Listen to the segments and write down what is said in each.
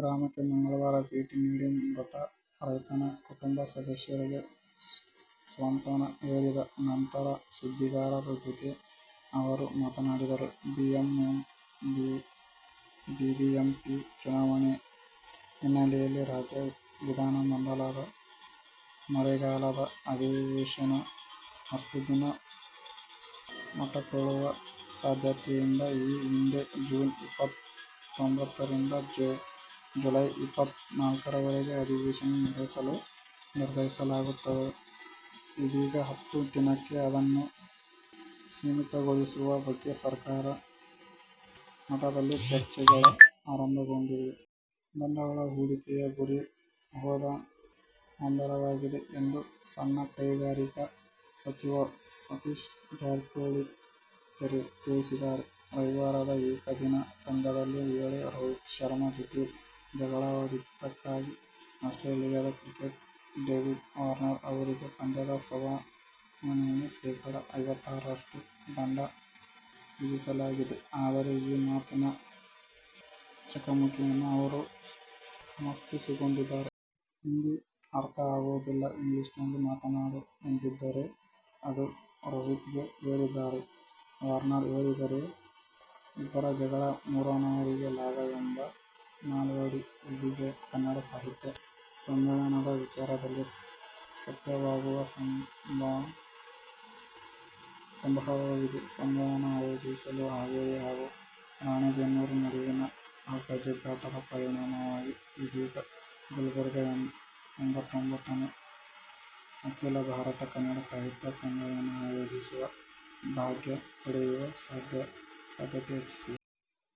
ಗ್ರಾಮಕ್ಕೆ ಮಂಗಳವಾರ ಭೇಟಿ ನೀಡಿ, ಮೃತ ರೈತನ ಕುಟುಂಬ ಸದಸ್ಯರಿಗೆ ಸಾಂತ್ವನ ಹೇಳಿದ ನಂತರ ಸುದ್ದಿಗಾರರ ಜತೆ ಅವರು ಮಾತನಾಡಿದರು. ಬಿಬಿಎಂಪಿ ಚುನಾವಣೆ ಹಿನ್ನೆಲೆಯಲ್ಲಿ ರಾಜ್ಯ ವಿಧಾನಮಂಡಲದ ಮಳೆಗಾಲದ ಅಧಿವೇಶನ ಹತ್ತು ದಿನ ಮೊಟಕುಗೊಳ್ಳುವ ಸಾಧ್ಯತೆಯಿದೆ. ಈ ಹಿಂದೆ ಜೂನ್ ಇಪ್ಪತ್ತೊಂಬತ್ತರಿಂದ ಜುಲೈ ಇಪ್ಪತ್ನಾಲ್ಕರವರೆಗೆ ಅಧಿವೇಶನ ನಡೆಸಲು ನಿರ್ಧರಿಸಲಾಗಿತ್ತಾದರೂ ಇದೀಗ ಹತ್ತು ದಿನಕ್ಕೆ ಅದನ್ನು ಸೀಮಿತಗೊಳಿಸುವ ಬಗ್ಗೆ ಸರ್ಕಾರದ ಮಟ್ಟದಲ್ಲಿ ಚರ್ಚೆಗಳು ಆರಂಭಗೊಂಡಿವೆ. ಬಂಡವಾಳ ಹೂಡಿಕೆಯ ಗುರಿ ಹೊಂದಲಾಗಿದೆ ಎಂದು ಸಣ್ಣ ಕೈಗಾರಿಕಾ ಸಚಿವ ಸತೀಶ್ ಜಾರಕಿಹೊಳಿ ತಿಳಿಸಿದ್ದಾರೆ. ರವಿವಾರದ ಏಕದಿನ ಪಂದ್ಯದ ವೇಳೆ ರೋಹಿತ್ ಶರ್ಮ ಜತೆ ಜಗಳಾಡಿದ್ದಕ್ಕಾಗಿ ಆಸ್ಟ್ರೇಲಿಯದ ಕ್ರಿಕೆಟಿಗ ಡೇವಿಡ್ ವಾರ್ನರ್ ಅವರಿಗೆ ಪಂದ್ಯದ ಸಂಭಾವನೆಯ ಶೇಖಡ ಐವತ್ತರಷ್ಟು ದಂಡ ವಿಧಿಸಲಾಗಿದೆ ಆದರೆ ಈ ಮಾತಿನ ಚಕಮಕಿಯನ್ನು ಅವರು ಸಮರ್ಥಿಸಿಕೊಂಡಿದ್ದಾರೆ. "ಹಿಂದಿ ಅರ್ಥ ಆಗೋದಿಲ್ಲ. ಇಂಗ್ಲಿಷ್ನಲ್ಲಿ ಮಾತನಾಡು ಎಂದಿದ್ದೆ' ಎಂದು ರೋಹಿತ್ಗೆ ಹೇಳಿದ್ದಾಗಿ ವಾರ್ನರ್ ಹೇಳಿದ್ದಾರೆ. ಇಬ್ಬರ ಜಗಳ ಮೂರನೆಯವರಿಗೆ ಲಾಭ ಎಂಬ ನಾಣ್ಣುಡಿ ಇದೀಗ ಕನ್ನಡ ಸಾಹಿತ್ಯ ಸಮ್ಮೇಳನದ ವಿಚಾರದಲ್ಲಿ ಸತ್ಯವಾಗುವ ಸಂಭವವಿದೆ. ಸಮ್ಮೇಳನ ಆಯೋಜಿಸಲು ಹಾವೇರಿ ಹಾಗೂ ರಾಣೆಬೆನ್ನೂರು ನಡುವಿನ ಹಗ್ಗ-ಜಗ್ಗಾಟದ ಪರಿಣಾಮವಾಗಿ ಇದೀಗ ಗುಲ್ಬರ್ಗ ಎಂಬತ್ತೊಂದನೇ ಅಖೀಲ ಭಾರತ ಕನ್ನಡ ಸಾಹಿತ್ಯ ಸಮ್ಮೇಳನ ಆಯೋಜಿಸುವ ಭಾಗ್ಯ ಪಡೆಯುವ ಸಾಧ್ಯತೆ ಹೆಚ್ಚಿದೆ.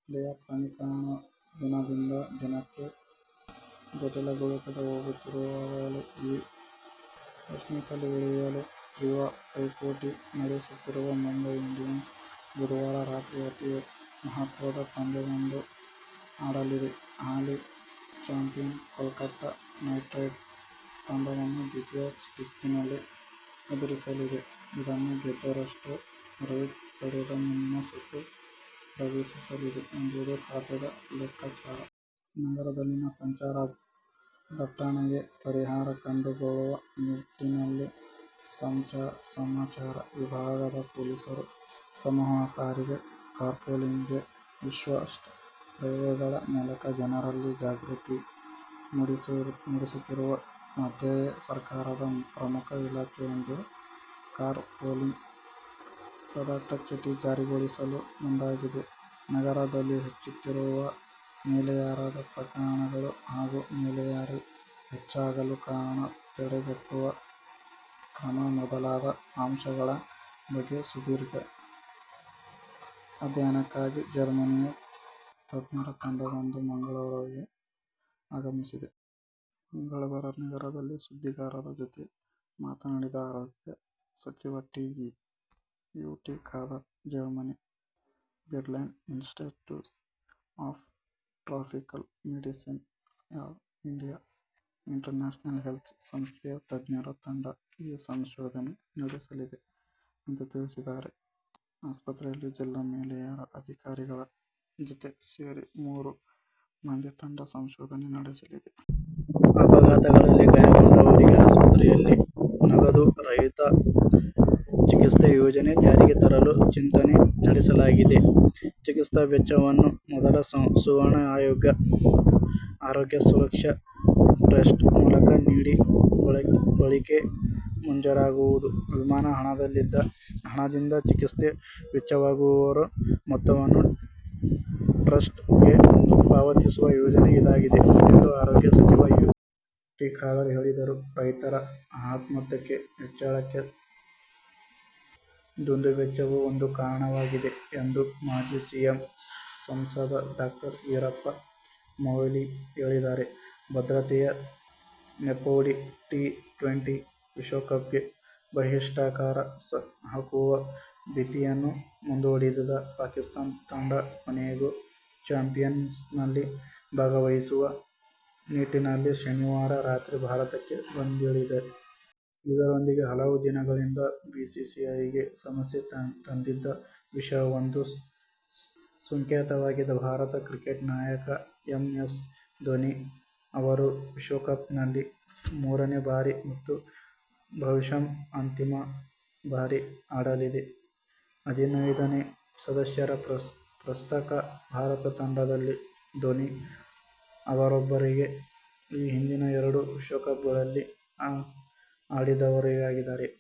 ಪ್ಲೇ-ಆಫ್ ಸಮೀಕರಣ ದಿನದಿಂದ ದಿನಕ್ಕೆ ಜಟಿಲಗೊಳ್ಳುತ್ತ ಹೋಗುತ್ತಿರುವಾಗಲೇ ಈ ರೇಸ್ನಲ್ಲಿ ಉಳಿಯಲು ತೀವ್ರ ಪೈಪೋಟಿ ನಡೆಸುತ್ತಿರುವ ಮುಂಬೈ ಇಂಡಿಯನ್ಸ್ ಬುಧವಾರ ರಾತ್ರಿ ಅತೀ ಮಹತ್ವದ ಪಂದ್ಯವೊಂದನ್ನು ಆಡಲಿದೆ. ಹಾಲಿ ಚಾಂಪಿಯನ್ ಕೋಲ್ಕತಾ ನೈಟ್ರೈಡರ್ ತಂಡವನ್ನು ದ್ವಿತೀಯ ಸುತ್ತಿನಲ್ಲಿ ಎದುರಿಸಲಿದೆ. ಇದನ್ನು ಗೆದ್ದರಷ್ಟೇ ರೋಹಿತ್ ಪಡೆ ಮುಂದಿನ ಸುತ್ತು ಪ್ರವೇಶಿಸಲಿದೆ ಎಂಬುದು ಸದ್ಯದ ಲೆಕ್ಕಾಚಾರ. ನಗರದಲ್ಲಿನ ಸಂಚಾರ ದಟ್ಟಣೆಗೆ ಪರಿಹಾರ ಕಂಡುಕೊಳ್ಳುವ ನಿಟ್ಟಿನಲ್ಲಿ ಸಂಚಾರ ವಿಭಾಗದ ಪೊಲೀಸರು ಸಮೂಹ ಸಾರಿಗೆ, ಕಾರ್ಪೂಲಿಂಗ್ಹೀಗೆ ವಿಶಿಷ್ಟ ಪ್ರಯೋಗಗಳ ಮೂಲಕ ಜನರಲ್ಲಿ ಜಾಗೃತಿ ಮೂಡಿಸುತ್ತಿರುವ ಮಧ್ಯೆಯೇ ಸರ್ಕಾರದ ಪ್ರಮುಖ ಇಲಾಖೆಯೊಂದು ಕಾರ್ ಪೂಲಿಂಗ್ ಪದಟಛಿತಿ ಜಾರಿಗೊಳಿಸಲು ಮುಂದಾಗಿದೆ. ನಗರದಲ್ಲಿ ಹೆಚ್ಚುತ್ತಿರುವ ಮಲೇರಿಯಾ ಪ್ರಕರಣಗಳು ಹಾಗೂ ಮಲೇರಿಯಾ ಹೆಚ್ಚಾಗಲು ಕಾರಣ, ತಡೆಗಟ್ಟುವ ಕ್ರಮ ಮೊದಲಾದ ಅಂಶಗಳ ಬಗ್ಗೆ ಸುದೀರ್ಘ ಅಧ್ಯಯನಕ್ಕಾಗಿ ಜರ್ಮನಿಯ ತಜ್ಞರ ತಂಡವೊಂದು ಮಂಗಳೂರಿಗೆ ಆಗಮಿಸಿದೆ. ಮಂಗಳವಾರ ನಗರದಲ್ಲಿ ಸುದ್ದಿಗಾರರ ಜತೆ ಮಾತನಾಡಿದ ಆರೋಗ್ಯ ಸಚಿವ ಯು. ಟಿ. ಖಾದರ್, ಜರ್ಮನಿ ಬರ್ಲಿನ್ನ Institute of Tropical Medicine and International Health ಸಂಸ್ಥೆಯ ತಜ್ಞರ ತಂಡ ಈ ಸಂಶೋಧನೆ ನಡೆಸಲಿದೆ ಎಂದು ತಿಳಿಸಿದರು. ವೆನ್ಲಾಕ್ ಆಸ್ಪತ್ರೆಯಲ್ಲಿ ಜಿಲ್ಲಾ ಮಲೇರಿಯಾ ಅಧಿಕಾರಿಗಳ ಜತೆ ಸೇರಿ ಮೂರು ಮಂದಿ ತಂಡ ಸಂಶೋಧನೆ ನಡೆಸಲಿದೆ. ಅಪಘಾತಗಳಲ್ಲಿ ಗಾಯಗೊಂಡವರಿಗೆ ಆಸ್ಪತ್ರೆಗಳಲ್ಲಿ ನಗದು ರಹಿತ ಚಿಕಿತ್ಸೆ ಯೋಜನೆ ಜಾರಿಗೆ ತರಲು ಚಿಂತನೆ ನಡೆಸಲಾಗಿದೆ. ಚಿಕಿತ್ಸಾ ವೆಚ್ಚವನ್ನು ಮೊದಲು ಸುವರ್ಣ ಆರೋಗ್ಯ ಸುರಕ್ಷಾ ಟ್ರಸ್ಟ್ ಮೂಲಕ ನೀಡಿ ಬಳಿಕ ಮಂಜೂರಾಗುವ ವಿಮಾ ಹಣದಿಂದ ಚಿಕಿತ್ಸೆಗೆ ವೆಚ್ಚವಾಗಿರುವ ಮೊತ್ತವನ್ನು ಟ್ರಸ್ಟ್ ಗೆ ಪಾವತಿಸುವ ಯೋಜನೆ ಇದಾಗಿದೆ ಎಂದು ಆರೋಗ್ಯ ಸಚಿವ ಯು. ಟಿ. ಖಾದರ್ ಹೇಳಿದರು. ರೈತರ ಆತ್ಮಹತ್ಯೆ ಹೆಚ್ಚಳಕ್ಕೆ ದುಂದುವೆಚ್ಚವೂ ಒಂದು ಕಾರಣವಾಗಿದೆ ಎಂದು ಮಾಜಿ ಸಿಎಂ, ಸಂಸದ ಡಾ. ವೀರಪ್ಪ ಮೊಯ್ಲಿ ಹೇಳಿದ್ದಾರೆ. ಭದ್ರತೆಯ ನೆಪವೊಡ್ಡಿ, ಟಿ ಟ್ವೆಂಟಿ ವಿಶ್ವಕಪ್ಗೆ ಬಹಿಷ್ಕಾರ ಹಾಕುವ ಭೀತಿಯನ್ನೂ ಮುಂದೊಡ್ಡಿದ್ದ ಪಾಕಿಸ್ತಾನ ತಂಡ, ಕೊನೆಗೂ ಚಾಂಪಿಯನ್ಶಿಪ್ನಲ್ಲಿ ಭಾಗವಹಿಸುವ ನಿಟ್ಟಿನಲ್ಲಿ ಶನಿವಾರ ರಾತ್ರಿ ಭಾರತಕ್ಕೆ ಬಂದಿಳಿದಿದೆ. ಇದರೊಂದಿಗೆ ಹಲವು ದಿನಗಳಿಂದ ಬಿಸಿಸಿಐಗೆ ಸಮಸ್ಯೆ ತಂದಿದ್ದ ವಿಷಯವೊಂದು ಸುಖಾಂತ್ಯವಾಗಿದೆ. ಭಾರತದ ಕ್ರಿಕೆಟ್ ನಾಯಕ ಎಂ. ಎಸ್. ಧೋನಿ ಅವರು ವಿಶ್ವಕಪ್ನಲ್ಲಿ ಮೂರನೆ ಬಾರಿ ಮತ್ತು ಬಹುಶಃ ಅಂತಿಮ ಬಾರಿ ಆಡಲಿದ್ದಾರೆ. ಹದಿನೈದು ಸದಸ್ಯರ ಪ್ರಸಕ್ತ ಭಾರತ ತಂಡದಲ್ಲಿ ಧೋನಿ ಅವರೊಬ್ಬರೇ ಈ ಹಿಂದಿನ ಎರಡು ವಿಶ್ವಕಪ್ಗ್ಳಲ್ಲಿ ಆಡಿದವರಾಗಿದ್ದಾರೆ.